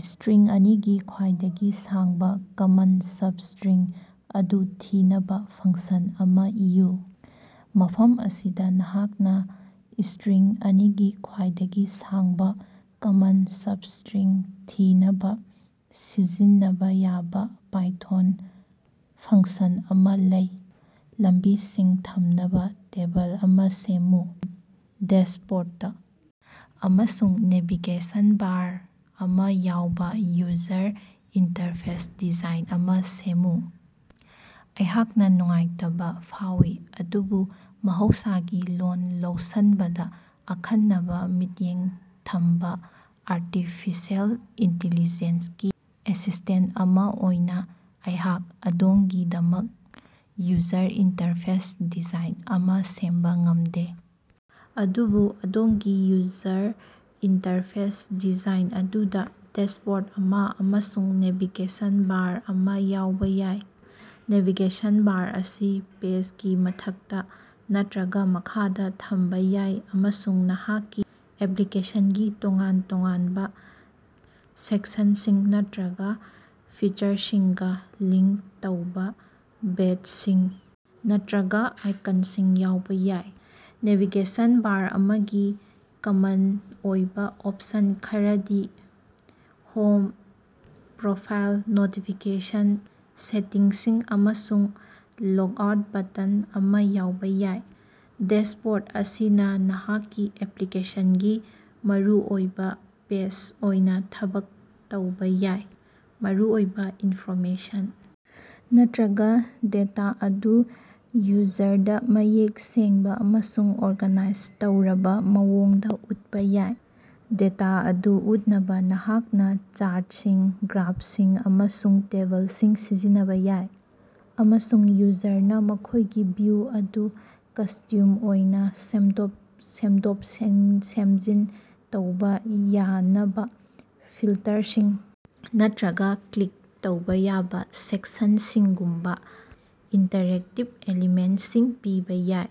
String ꯑꯅꯤꯒꯤ ꯈ꯭ꯋꯥꯏꯗꯒꯤ ꯁꯥꯡꯕꯥ ꯀꯃꯟ substring ꯑꯗꯨ ꯊꯤꯅꯕꯥ ꯐꯪꯁꯟ ꯑꯃꯥ ꯏꯌꯨ꯫ ꯃꯐꯝ ꯑꯁꯤꯗꯥ ꯅꯍꯥꯛꯅꯥ ꯏꯁꯇ꯭ꯔꯤꯡ ꯑꯅꯤꯒꯤ ꯈ꯭ꯋꯥꯏꯗꯒꯤ ꯁꯥꯡꯕꯥ ꯀꯃꯟ ꯁꯕꯏꯁꯇ꯭ꯔꯤꯡ ꯊꯤꯅꯕꯥ ꯁꯤꯖꯤꯟꯅꯕꯥ ꯌꯥꯕꯥ ꯄꯥꯏꯊꯣꯟ ꯐꯪꯁꯟ ꯑꯃꯥ ꯂꯩ꯫ ꯂꯝꯕꯤꯁꯤꯡ ꯊꯝꯅꯕꯥ ꯇꯦꯕꯜ ꯑꯃꯥ ꯁꯦꯝꯃꯨ꯫ ꯗꯦꯁꯕꯣꯔꯗ ꯑꯃꯁꯨꯡ ꯅꯦꯚꯤꯒꯦꯁꯟ ꯕꯥꯔ ꯑꯃꯥ ꯌꯥꯎꯕꯥ ꯌꯨꯖꯔ ꯏꯟꯇꯔꯐꯦꯁ ꯗꯤꯖꯥꯏꯟ ꯑꯃꯥ ꯁꯦꯝꯃꯨ꯫ ꯑꯩꯍꯥꯛꯅꯥ ꯅꯨꯡꯉꯥꯏꯇꯕꯥ ꯐꯥꯎꯏ, ꯑꯗꯨꯕꯨ ꯃꯍꯧꯁꯥꯒꯤ ꯂꯣꯜ ꯂꯧꯁꯤꯟꯕꯗꯥ ꯑꯈꯟꯅꯕꯥ ꯃꯤꯠꯌꯦꯡ ꯊꯝꯕꯥ ꯑꯔꯇꯤꯐꯤꯁꯦꯜ ꯏꯟꯇꯤꯂꯤꯖꯦꯟꯁꯒꯤ ꯑꯦꯁꯤꯁꯇꯦꯟꯇ ꯑꯃꯥ ꯑꯣꯏꯅꯥ ꯑꯩꯍꯥꯛꯅꯥ ꯑꯗꯣꯝꯒꯤꯗꯃꯛ ꯌꯨꯖꯔ ꯏꯟꯇꯔꯐꯦꯁ ꯗꯤꯖꯥꯏꯟ ꯑꯃꯥ ꯁꯦꯝꯕꯥ ꯉꯝꯗꯦ, ꯑꯗꯨꯕꯨ ꯑꯗꯣꯝꯒꯤ ꯌꯨꯖꯔ ꯏꯟꯇꯔꯐꯦꯁ ꯗꯤꯖꯥꯏꯟ ꯑꯗꯨꯗꯥ ꯗꯦꯁꯕꯣꯔꯗ ꯑꯃꯥ ꯑꯃꯁꯨꯡ ꯅꯦꯚꯤꯒꯦꯁꯟ ꯕꯥꯔ ꯑꯃꯥ ꯌꯥꯎꯕꯥ ꯌꯥꯏ꯫ ꯅꯦꯚꯤꯒꯦꯁꯟ ꯕꯥꯔ ꯑꯁꯤ ꯄꯦꯖꯒꯤ ꯃꯊꯛꯇꯥ ꯅꯠꯇ꯭ꯔꯒꯥ ꯃꯈꯥꯗ ꯊꯝꯕꯥ ꯌꯥꯏ ꯑꯃꯁꯨꯡ ꯅꯍꯥꯛꯀꯤ ꯑꯦꯄ꯭ꯂꯤꯀꯦꯁꯟꯒꯤ ꯇꯣꯉꯥꯟ-ꯇꯣꯉꯥꯟꯕꯥ ꯁꯦꯛꯁꯟꯁꯤꯡ ꯅꯠꯇ꯭ꯔꯒꯥ ꯐꯤꯆꯔꯁꯤꯡꯒꯥ ꯂꯤꯡꯀ ꯇꯧꯕꯥ ꯕꯦꯠꯆꯁꯤꯡ ꯅꯠꯇ꯭ꯔꯒꯥ ꯑꯥꯏꯀꯟꯁꯤꯡ ꯌꯥꯎꯕꯥ ꯌꯥꯏ꯫ ꯅꯦꯚꯤꯒꯦꯁꯟ ꯕꯥꯔ ꯑꯃꯒꯤ ꯀꯃꯟ ꯑꯣꯏꯕꯥ ꯑꯣꯞꯁꯟ ꯈꯔꯗꯤ ꯍꯣꯝ, ꯄ꯭ꯔꯣꯐꯥꯏꯜ, ꯅꯣꯇꯤꯐꯤꯀꯦꯁꯟꯁꯤꯡ, ꯁꯦꯇꯤꯡꯁꯤꯡ, ꯑꯃꯁꯨꯡ ꯂꯣꯒꯑꯥꯎꯠ ꯕꯇꯟ ꯑꯃꯥ ꯌꯥꯎꯕꯥ ꯌꯥꯏ꯫ ꯗꯦꯁꯕꯣꯔꯗ ꯑꯁꯤꯅꯥ ꯅꯍꯥꯛꯀꯤ ꯑꯦꯄ꯭ꯂꯤꯀꯦꯁꯟꯒꯤ ꯃꯔꯨꯑꯣꯏꯕꯥ ꯄꯦꯖ ꯑꯣꯏꯅꯥ ꯊꯕꯛ ꯇꯧꯕꯥ ꯌꯥꯏ, ꯃꯔꯨꯑꯣꯏꯕꯥ ꯏꯟꯐꯣꯔꯃꯦꯁꯟ ꯅꯠꯇ꯭ꯔꯒꯥ ꯗꯦꯇꯥ ꯑꯗꯨ ꯌꯨꯖꯔꯗꯥ ꯃꯌꯦꯛ ꯁꯦꯡꯕꯥ ꯑꯃꯁꯨꯡ ꯑꯣꯔꯒꯥꯅꯥꯏꯖ ꯇꯧꯔꯕꯥ ꯃꯑꯣꯡꯗꯥ ꯎꯠꯄꯥ ꯌꯥꯏ꯫ ꯗꯦꯇꯥ ꯑꯗꯨ ꯎꯠꯅꯕꯥ ꯅꯍꯥꯛꯅꯥ ꯆꯥꯔꯇꯁꯤꯡ, ꯒ꯭ꯔꯥꯐꯁꯤꯡ, ꯑꯃꯁꯨꯡ ꯇꯦꯕꯜꯁꯤꯡ ꯁꯤꯖꯤꯟꯅꯕꯥ ꯌꯥꯏ, ꯑꯃꯁꯨꯡ ꯌꯨꯖꯔꯅꯥ ꯃꯈꯣꯏꯒꯤ ꯚꯤꯎ ꯑꯗꯨ ꯀꯁꯇ꯭ꯌꯨꯝꯁ ꯑꯣꯏꯅꯥ ꯁꯦꯝꯗꯣꯛ-ꯁꯦꯝꯖꯤꯟ ꯇꯧꯕꯥ ꯌꯥꯅꯕꯥ ꯐꯤꯜꯇꯔꯁꯤꯡ ꯅꯠꯇ꯭ꯔꯒꯥ ꯀ꯭ꯂꯤꯛ ꯇꯧꯕꯥ ꯌꯥꯕꯥ ꯁꯦꯛꯁꯟꯁꯤꯡꯒꯨꯝꯕꯥ ꯏꯟꯇꯔꯦꯛꯇꯤꯕ ꯑꯦꯂꯤꯃꯦꯟꯇꯁꯤꯡ ꯄꯤꯕꯥ ꯌꯥꯏ꯫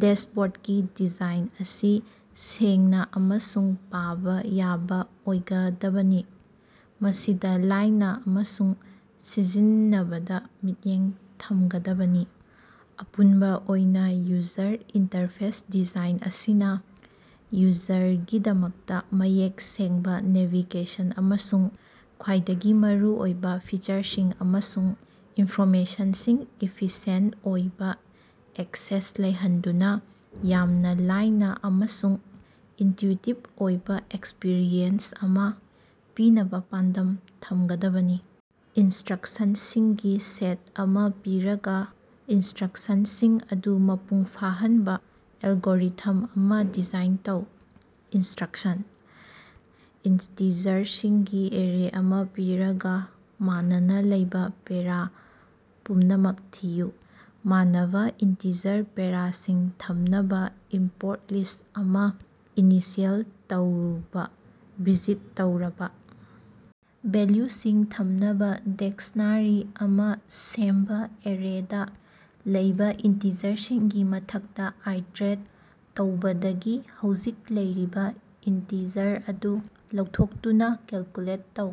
ꯗꯦꯁꯕꯣꯔꯗꯀꯤ ꯗꯤꯖꯥꯏꯟ ꯑꯁꯤ ꯁꯦꯡꯅꯥ ꯑꯃꯁꯨꯡ ꯄꯥꯕꯥ ꯌꯥꯕꯥ ꯑꯣꯏꯒꯗꯕꯅꯤ, ꯃꯁꯤꯗꯥ ꯂꯥꯏꯅꯥ ꯑꯃꯁꯨꯡ ꯁꯤꯖꯤꯟꯅꯕꯗꯥ ꯃꯤꯠꯌꯦꯡ ꯊꯃꯒꯗꯕꯅꯤ꯫ ꯑꯄꯨꯟꯕꯥ ꯑꯣꯏꯅꯥ, ꯌꯨꯖꯔ ꯏꯟꯇꯔꯐꯦꯁ ꯗꯤꯖꯥꯏꯟ ꯑꯁꯤꯅꯥ ꯌꯨꯖꯔꯒꯤꯗꯃꯛꯇꯥ ꯃꯌꯦꯛ ꯁꯦꯡꯕꯥ ꯅꯦꯚꯤꯒꯦꯁꯟ ꯑꯃꯁꯨꯡ ꯈ꯭ꯋꯥꯏꯗꯒꯤ ꯃꯔꯨꯑꯣꯏꯕꯥ ꯐꯤꯆꯔꯁꯤꯡ ꯑꯃꯁꯨꯡ ꯏꯟꯐꯣꯔꯃꯦꯁꯟꯁꯤꯡ ꯏꯐꯤꯁꯤꯑꯦꯟꯇ ꯑꯣꯏꯕꯥ ꯑꯦꯛꯁꯦꯁ ꯂꯩꯍꯟꯗꯨꯅꯥ, ꯌꯥꯝꯅꯥ ꯂꯥꯏꯅꯥ ꯑꯃꯁꯨꯡ ꯏꯟꯇꯨꯏꯇꯤꯚ ꯑꯣꯏꯕꯥ ꯑꯦꯛꯁꯄꯤꯔꯤꯑꯦꯟꯁ ꯑꯃꯥ ꯄꯤꯅꯕꯥ ꯄꯥꯟꯗꯝ ꯊꯃꯒꯗꯕꯅꯤ꯫। ꯏꯟꯁꯇ꯭ꯔꯛꯁꯟꯁꯤꯡꯒꯤ ꯁꯦꯠ ꯑꯃꯥ ꯄꯤꯔꯒꯥ, ꯏꯟꯁꯇ꯭ꯔꯛꯁꯟꯁꯤꯡ ꯑꯗꯨ ꯃꯄꯨꯡ ꯐꯥꯍꯟꯅꯕꯥ ꯑꯦꯜꯒꯣꯔꯤꯊꯝ ꯑꯃꯥ ꯗꯤꯖꯥꯏꯟ ꯇꯧ꯫ ꯏꯟꯁꯇ꯭ꯔꯛꯁꯟꯁꯤꯡ: ꯏꯟꯇꯤꯖꯔꯁꯤꯡꯒꯤ ꯑꯦꯔꯦ ꯑꯃꯥ ꯄꯤꯔꯒꯥ, ꯃꯅꯥꯅ ꯂꯩꯕꯥ ꯄꯦꯔꯥ ꯄꯨꯝꯅꯃꯛ ꯊꯤꯌꯨ꯫ ꯃꯅꯥꯕ ꯏꯟꯇꯤꯖꯔ ꯄꯦꯔꯥꯁꯤꯡ ꯊꯝꯅꯕꯥ ꯏꯝꯄꯣꯔꯠ ꯂꯤꯁ ꯑꯃꯥ ꯏꯅꯤꯁꯤꯑꯦꯂꯥꯏꯖ ꯇꯧꯕꯥ ꯚꯤꯖꯤꯠ ꯇꯧꯔꯕꯥ ꯚꯦꯜꯂꯨꯁꯤꯡ ꯊꯝꯅꯕꯥ ꯗꯤꯛꯁꯅꯥꯔꯤ ꯑꯃꯥ ꯁꯦꯝꯕꯥ ꯑꯦꯔꯦꯗꯥ ꯂꯩꯕꯥ ꯏꯟꯇꯤꯖꯔꯁꯤꯡꯒꯤ ꯃꯊꯛꯇꯥ ꯑꯥꯏꯇꯔꯦꯠ ꯇꯧꯕꯥꯗꯒꯤ ꯍꯧꯖꯤꯛ ꯂꯩꯔꯤꯕꯥ ꯏꯟꯇꯤꯖꯔ ꯑꯗꯨ ꯂꯧꯊꯣꯛꯇꯨꯅꯥ ꯀꯦꯜꯀꯨꯂꯦꯠ ꯇꯧ꯫